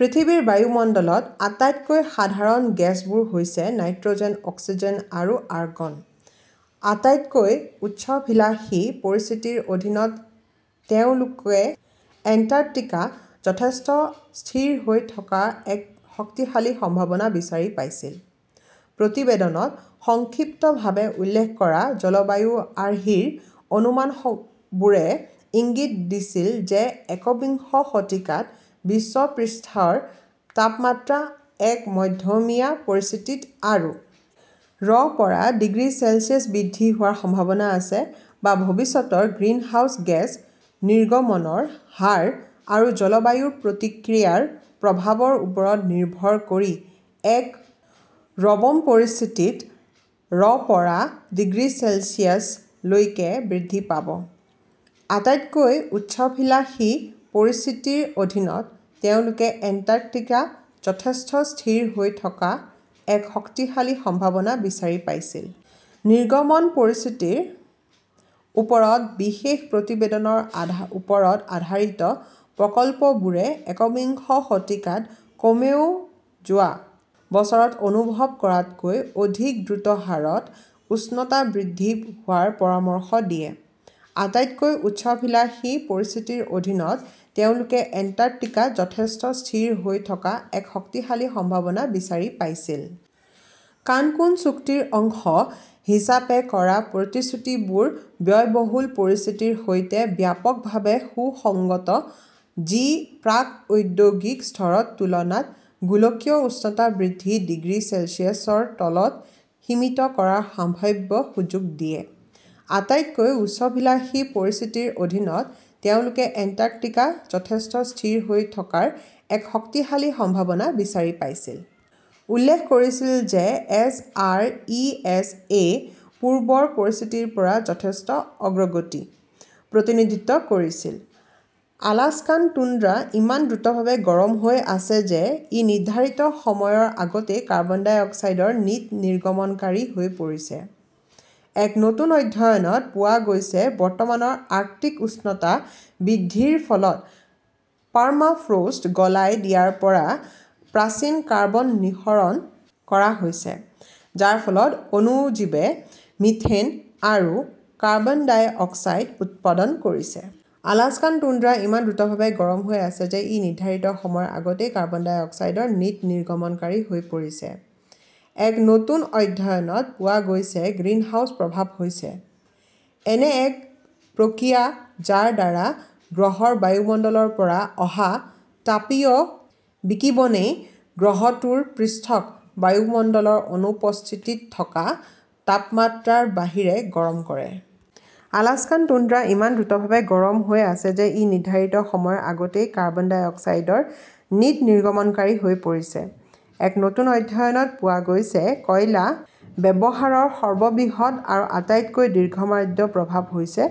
পৃথিৱীৰ বায়ুমণ্ডলত আটাইতকৈ সাধাৰণ গেছবোৰ হৈছে নাইট্ৰজেন, অক্সিজেন, আৰু আৰগন। আটাইতকৈ উচ্চাভিলাষী পৰিস্থিতিৰ অধীনত, তেওঁলোকে এণ্টাৰ্কটিকা যথেষ্ট স্থিৰ হৈ থকাৰ এক শক্তিশালী সম্ভাৱনা বিচাৰি পাইছিল। " প্ৰতিবেদনত সংক্ষিপ্তভাৱে উল্লেখ কৰা জলবায়ু আৰ্হিৰ অনুমানবোৰে ইংগিত দিছিল যে একবিংশ শতিকাত বিশ্ব পৃষ্ঠৰ তাপমাত্ৰা এক মধ্যমীয়া পৰিস্থিতিত আৰু. ৰ পৰা ডিগ্ৰী চেলছিয়াছ বৃদ্ধি হোৱাৰ সম্ভাৱনা আছে, বা ভৱিষ্যতৰ গ্ৰিনহাউস গেছ নিৰ্গমনৰ হাৰ আৰু জলবায়ুৰ প্ৰতিক্ৰিয়াৰ প্ৰভাৱৰ ওপৰত নিৰ্ভৰ কৰি এক চৰম পৰিস্থিতিত. ৰ পৰা ডিগ্ৰী চেলছিয়াছ লৈকে বৃদ্ধি পাব। আটাইতকৈ উচ্চাভিলাষী পৰিস্থিতিৰ অধীনত, তেওঁলোকে এণ্টাৰ্কটিকা যথেষ্ট স্থিৰ হৈ থকাৰ এক শক্তিশালী সম্ভাৱনা বিচাৰি পাইছিল। " নিৰ্গমন পৰিস্থিতিৰ ওপৰত বিশেষ প্ৰতিবেদনৰ ওপৰত আধাৰিত প্ৰকল্পবোৰে একবিংশ শতিকাত কমেও যোৱা বছৰত অনুভৱ কৰাতকৈ অধিক দ্ৰুত হাৰত উষ্ণতা বৃদ্ধি হোৱাৰ পৰামৰ্শ দিয়ে। আটাইতকৈ উচ্চাভিলাষী পৰিস্থিতিৰ অধীনত, তেওঁলোকে এণ্টাৰ্কটিকা যথেষ্ট স্থিৰ হৈ থকাৰ এক শক্তিশালী সম্ভাৱনা বিচাৰি পাইছিল। " কানকুন চুক্তিৰ অংশ হিচাপে কৰা প্ৰতিশ্ৰুতিবোৰ ব্যয়বহুল পৰিস্থিতিৰ সৈতে ব্যাপকভাৱে সুসংগত যি প্ৰাক-ঔদ্যোগিক স্তৰৰ তুলনাত গোলকীয় উষ্ণতা বৃদ্ধি ডিগ্ৰী চেলছিয়াছৰ তলত সীমিত কৰাৰ "সম্ভাৱ্য" সুযোগ দিয়ে। আটাইতকৈ উচ্চাভিলাষী পৰিস্থিতিৰ অধীনত, তেওঁলোকে এণ্টাৰ্কটিকা যথেষ্ট স্থিৰ হৈ থকাৰ এক শক্তিশালী সম্ভাৱনা বিচাৰি পাইছিল। " উল্লেখ কৰিছিল যে এছ. আৰ. ই. এছ. -এ "পূৰ্বৰ পৰিস্থিতিৰ পৰা যথেষ্ট অগ্ৰগতি" প্ৰতিনিধিত্ব কৰিছিল। আলাস্কান টুণ্ড্ৰা ইমান দ্ৰুতভাৱে গৰম হৈ আছে যে ই নিৰ্ধাৰিত সময়ৰ আগতেই কাৰ্বন ডাই অক্সাইডৰ নিট নিৰ্গমনকাৰী হৈ পৰিছে, এক নতুন অধ্যয়নত পোৱা গৈছে বৰ্তমানৰ আৰ্কটিক উষ্ণতা বৃদ্ধিৰ ফলত পাৰ্মাফ্ৰষ্ট গলাই দিয়াৰ পৰা প্ৰাচীন কাৰ্বন নিঃসৰণ কৰা হৈছে, যাৰ ফলত অণুজীৱে মিথেন আৰু কাৰ্বন ডাই অক্সাইড উৎপাদন কৰিছে। আলাস্কান টুণ্ড্ৰা ইমান দ্ৰুতভাৱে গৰম হৈ আছে যে ই নিৰ্ধাৰিত সময়ৰ আগতেই কাৰ্বন ডাই অক্সাইডৰ নিট নিৰ্গমনকাৰী হৈ পৰিছে, এক নতুন অধ্যয়নত পোৱা গৈছে গ্ৰীণহাউছ প্ৰভাৱ হৈছে এনে এক প্ৰক্ৰিয়া যাৰ দ্বাৰা গ্ৰহৰ বায়ুমণ্ডলৰ পৰা অহা তাপীয় বিকিৰণই গ্ৰহটোৰ পৃষ্ঠক বায়ুমণ্ডলৰ অনুপস্থিতিত থকা তাপমাত্ৰাৰ বাহিৰে গৰম কৰে। আলাস্কান টুণ্ড্ৰা ইমান দ্ৰুতভাৱে গৰম হৈ আছে যে ই নিৰ্ধাৰিত সময়ৰ আগতেই কাৰ্বন ডাই অক্সাইডৰ নিট নিৰ্গমনকাৰী হৈ পৰিছে, এক নতুন অধ্যয়নত পোৱা গৈছে কয়লা ব্যৱহাৰৰ সৰ্ববৃহৎ আৰু আটাইতকৈ দীৰ্ঘম্যাদী প্ৰভাৱ হৈছে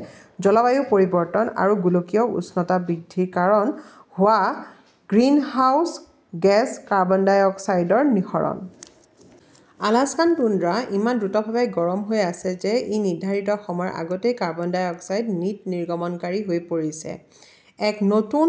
জলবায়ু পৰিৱৰ্তন আৰু গোলকীয় উষ্ণতা বৃদ্ধিৰ কাৰণ হোৱা গ্ৰীণহাউচ গেছ কাৰ্বন ডাই অক্সাইডৰ নিঃসৰণ। আলাস্কান টুণ্ড্ৰা ইমান দ্ৰুতভাৱে গৰম হৈ আছে যে ই নিৰ্ধাৰিত সময়ৰ আগতেই কাৰ্বন ডাই অক্সাইডৰ নিট নিৰ্গমনকাৰী হৈ পৰিছে, এক নতুন